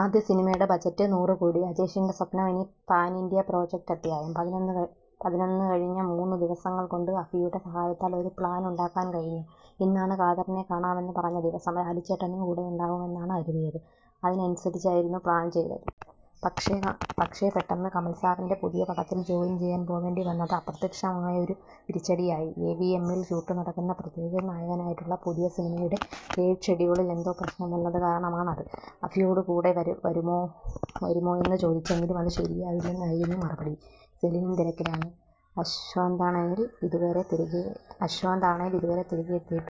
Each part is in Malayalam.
ആദ്യ സിനിമയുടെ ബജറ്റ് നൂറു കോടി, അജേഷിന്റെ സ്വപ്നം ഇനി പാൻ ഇന്ത്യൻ പ്രോജക്ട് അധ്യായം: പതിനൊന്ന് കഴിഞ്ഞ മൂന്നു ദിവസങ്ങൾകൊണ്ട്, അഭിയുടെ സഹായത്താൽ ഒരു പ്ലാൻ ഉണ്ടാക്കാൻ കഴിഞ്ഞു. ഇന്നാണ്, കാതറിനെ കാണാമെന്നു പറഞ്ഞ ദിവസം. ലാലുച്ചേട്ടനും കൂടെയുണ്ടാവുമെന്നാണ് കരുതിയത്. അതിന് അനുസരിച്ചായിരുന്നു പ്ലാൻ ചെയ്തതും. പക്ഷേ പെട്ടെന്ന്, കമൽസാറിന്റെ പുതിയ പടത്തിൽ ജോയിൻ ചെയ്യാൻ പോവേണ്ടി വന്നത് അപ്രതീക്ഷിതമായയൊരു തിരിച്ചടിയായി. എവിഎമ്മിൽ ഷൂട്ടുനടക്കുന്ന പൃഥ്വിരാജ് നായകനായിട്ടുള്ള പുതിയ സിനിമയുടെ തേർഡ് ഷെഡ്യൂളിൽ എന്തോ പ്രശ്നം വന്നതു കാരണമാണത്. അഭിയോട് കൂടെ വരാമോയെന്നു ചോദിച്ചെങ്കിലും അതു ശരിയാവില്ലെന്നായിരുന്നു മറുപടി. സെലിനും തിരക്കിലാണ്. അശ്വന്താണേൽ ഇതുവരെ തിരികെ എത്തിയിട്ടുമില്ല.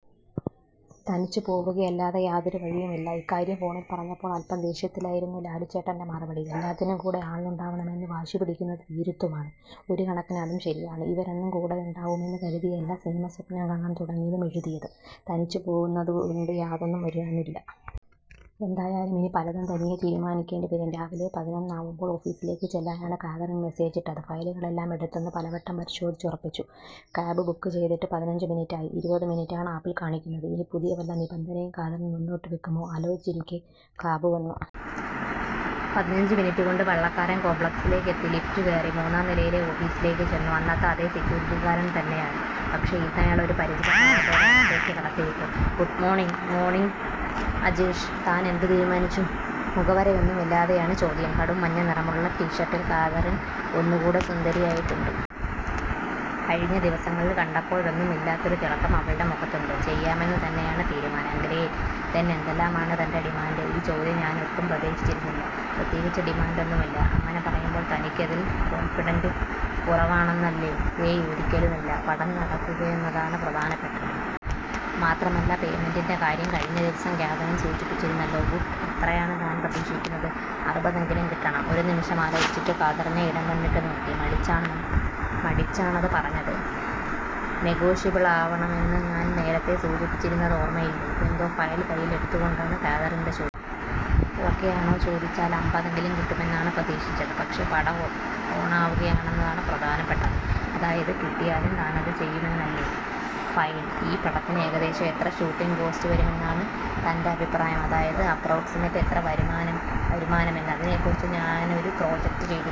തനിച്ചു പോവുകയല്ലാതെ യാതൊരു വഴിയുമില്ല. ഇക്കാര്യം ഫോണിൽ പറഞ്ഞപ്പോൾ അൽപ്പം ദേഷ്യത്തിലായിരുന്നു ലാലുച്ചേട്ടൻ്റെ മറുപടി. "എല്ലാത്തിനും കൂടെ ആളുണ്ടാവണമെന്നു വാശി പിടിക്കുന്നത് ഭീരുത്വമാണ്. " ഒരു കണക്കിന് അതും ശരിയാണ്. ഇവരൊന്നും കൂടെയുണ്ടാവുമെന്നു കരുതിയല്ല സിനിമ സ്വപ്നം കാണാൻ തുടങ്ങിയതും എഴുതിയതും. തനിച്ചു പോവുന്നതുകൊണ്ട് യാതൊന്നും വരാനുമില്ല. എന്തായാലും ഇനി പലതും തനിയെ തീരുമാനിക്കേണ്ടി വരും. രാവിലെ പതിനൊന്നാവുമ്പോൾ ഓഫീസിലേക്ക് ചെല്ലാനാണ് കാതറിൻ മെസേജിട്ടത്. ഫയലുകളെല്ലാം എടുത്തെന്ന് പലവട്ടം പരിശോധിച്ചുറപ്പിച്ചു. കാബ് ബുക്ക് ചെയ്തിട്ട് പതിനഞ്ചു മിനിറ്റായി. ഇരുപതു മിനുട്ടാണ് ആപ്പിൽ കാണിക്കുന്നത്. ഇനി പുതിയ വല്ല നിബന്ധനയും കാതറിൻ മുന്നോട്ടു വെക്കുമോ? ആലോചിച്ചിരിക്കെ കാബ് വന്നു. പതിനഞ്ചു മിനിറ്റുകൊണ്ട്, വള്ളക്കാരൻ കോംപ്ലക്സിലേക്ക് എത്തി. ലിഫ്റ്റുകയറി മൂന്നാം നിലയിലെ ഓഫീസിലേക്ക് ചെന്നു. അന്നത്തെ അതേ സെക്യൂരിറ്റിക്കാരൻ തന്നെയാണ്. പക്ഷേ, ഇന്നയാൾ ഒരു പരിചിത ഭാവത്തോടെ അകത്തേക്ക് കടത്തിവിട്ടു. "Good morning? " "മോണിംഗ് അജേഷ്. താൻ എന്തു തീരുമാനിച്ചു? " മുഖവുരയൊന്നുമില്ലാതെയാണ് ചോദ്യം. കടുംമഞ്ഞ നിറമുള്ളൊരു ടീഷർട്ടിൽ കാതറിൻ ഒന്നുകൂടെ സുന്ദരിയായിട്ടുണ്ട്. കഴിഞ്ഞ ദിവസങ്ങളിൽ കണ്ടപ്പോഴൊന്നുമില്ലാത്തൊരു തിളക്കം അവളുടെ മുഖത്തുണ്ട്. "ചെയ്യാമെന്നു തന്നെയാണ് തീരുമാനം" "ഗ്രേറ്റ്, ദെൻ എന്തെല്ലാമാണ് തന്റെ ഡിമാന്റ്? " ഈ ചോദ്യം ഞാനൊട്ടും പ്രതീക്ഷിച്ചിരുന്നില്ല. "പ്രത്യേകിച്ച് ഡിമാന്റ് ഒന്നുമില്ല" "അങ്ങനെ പറയുമ്പോൾ തനിക്കിതിൽ കോൺഫിഡൻസ് കുറവാണന്നല്ലേ? " "ഏയ്, ഒരിക്കലുമില്ല. പടം നടക്കുകയെന്നതാണ് പ്രധാനപ്പെട്ടത്. മാത്രമല്ല പേയ്മെന്റിന്റെ കാര്യം കഴിഞ്ഞ ദിവസം കാതറിൻ സൂചിപ്പിച്ചിരുന്നല്ലോ? " "ഗുഡ്. എത്രയാണ് താൻ പ്രതീക്ഷിക്കുന്നത്? " "അറുപതെങ്കിലും കിട്ടണം" ഒരുനിമിഷം ആലോചിച്ച്, കാതറിനെ ഇടംകണ്ണിട്ട് നോക്കി. മടിച്ചാണതു പറഞ്ഞത്. "നെഗോഷ്യബിളാവണമെന്നു ഞാൻ നേരത്തെ സൂചിപ്പിച്ചിരുന്നത് ഓർമയിലില്ലേ? " എന്തോ ഫയൽ കയ്യിലെടുത്തുകൊണ്ടാണ് കാതറിന്റെ ചോദ്യം. " "ഓകെയാണോ ചോദിച്ചാൽ, അമ്പതെങ്കിലും കിട്ടുമെന്നാണ് പ്രതീക്ഷിച്ചത്. പക്ഷേ പടം ഓണാവുകയെന്നതാണ് പ്രധാനപ്പെട്ടത്. " "അതായത്, കിട്ടിയാലും താനതു ചെയ്യുമെന്നല്ലേ? " "ഫൈൻ. ഈ പടത്തിന് ഏകദേശം എത്ര ഷൂട്ടിംഗ് കോസ്റ്റ് വരുമെന്നാണ് തന്റെ അഭിപ്രായം. അതായത് അപ്രോക്സിമേറ്റ് എത്ര വരുമെന്ന്? " "അതിനെക്കുറിച്ച് ഞാനൊരു പ്രോജക്ട് ചെയ്തിട്ടുണ്ട്.